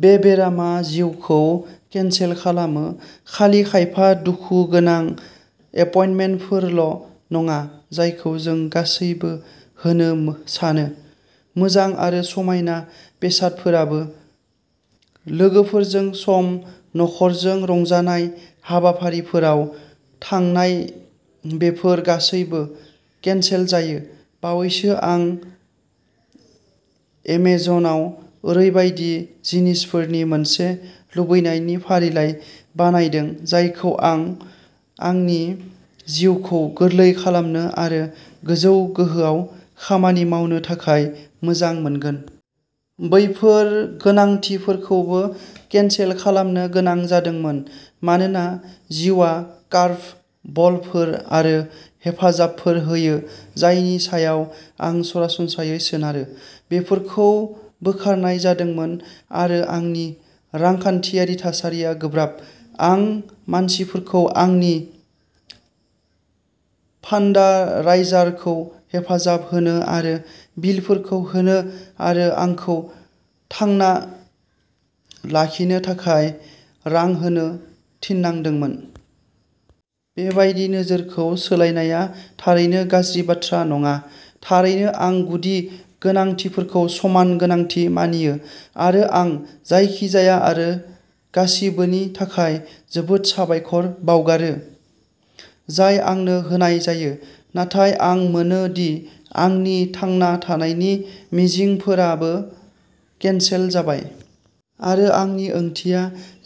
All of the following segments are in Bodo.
बे बेरामा जिउखौ केनसेल खालामो। खालि खायफा दुखुगोनां एपइन्टमेन्टफोरल'नङा, जायखौ जों गासैबो होनो सानो। मोजां आरो समायना बेसादफोराबो। लोगोफोरजों सम, नखरजों रंजानाय, हाबाफारिफोराव थांनायबेफोर गासैबो केनसेल जायो। बावैसो आं एमेजनआव ओरैबायदि जिनिसफोरनि मोनसे लुबैनायनि फारिलाइ बानायदों जायखौ आं आंनि जिउखौ गोरलै खालामनो आरो गोजौ गोहोआव खामानि मावनो थाखाय मोजां मोनगोन। बैफोर गोनांथिफोरखौबो केनसेल खालामनो गोनां जादोंमोन, मानोना जिउआ कार्भ बलफोर आरो हेफाजाबफोर होयो जायनि सायाव आं सरासनस्रायै सोनारो, बेफोरखौ बोखारनाय जादोंमोन, आरो आंनि रांखान्थियारि थासारिया गोब्राब। आं मानसिफोरखौ आंनि फान्डाराइजारखौ हेफाजाब होनो आरो बिलफोरखौ होनो आरो आंखौ थांना लाखिनो थाखाय रां होनो थिननांदोंमोन। बेबादि नोजोरखौ सोलायनाया थारैनो गाज्रि बाथ्रा नङा। थारैनो, आं गुदि गोनांथिफोरखौ समान गोनांथि मानियो, आरो आं जायखिजाया आरो गासिबोनि थाखाय जोबोद साबायखर बावगारो जाय आंनो होनाय जायो। नाथाय आं मोनो दि आंनि थांना थानायनि मिजिंफोराबो केनसेल जाबाय। आरो आंनि ओंथिया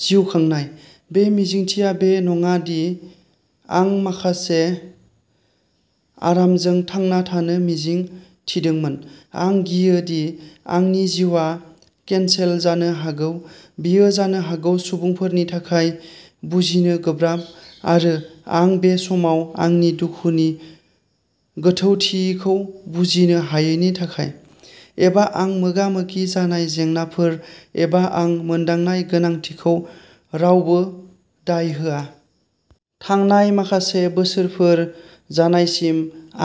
जिउ खांनाय। बे मिजिंथिया बे नङा दि आं माखासे आरामजों थांना थानो मिजिं थिदोंमोन। आं गियो दि आंनि जिउआ केनसेल जानो हागौ। बेयो जानो हागौ सुबुंफोरनि थाखाय बुजिनो गोब्राब। आरो आं बे समाव आंनि दुखुनि गोथौथिखौ बुजिनो हायैनि थाखाय, एबा आं मोगा-मोगि जानाय जेंनाफोर, एबा आं मोनदांनाय गोनांथिखौ रावबो दाय होआ। थांनाय माखासे बोसोरफोर जानायसिम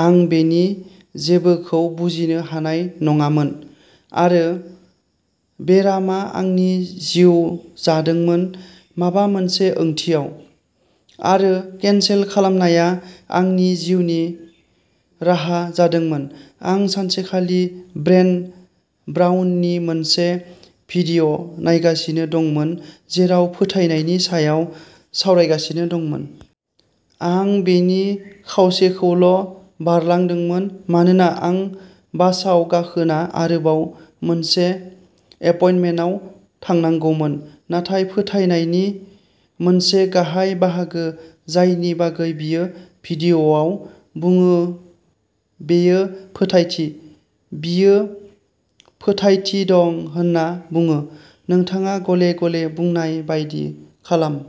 आं बेनि जेबोखौ बुजिनो हानाय नङामोन, आरो बेरामआ आंनि जिउ जादोंमोन, माबा मोनसे ओंथियाव। आरो केनसेल खालामनाया आंनि जिउनि राहा जादोंमोन। आं सानसेखालि ब्रेन ब्राउननि मोनसे भिडिअ'नायगासिनो दंमोन जेराव फोथायनायनि सायाव सावरायगासिनो दंमोन। आं बेनि खावसेखौल'बारलांदोंमोन मानोना आं बासआव गाखोना आरोबाव मोनसे एपइन्टमेन्टआव थांनांगौमोन। नाथाय फोथायनायनि मोनसे गाहाय बाहागो जायनि बागै बियो भिडिअ'आव बुङो बेयो फोथायथि। बियो फोथायथि दं होनना बुङो। नोंथाङा "गले-गले" बुंनाय बायदि खालाम।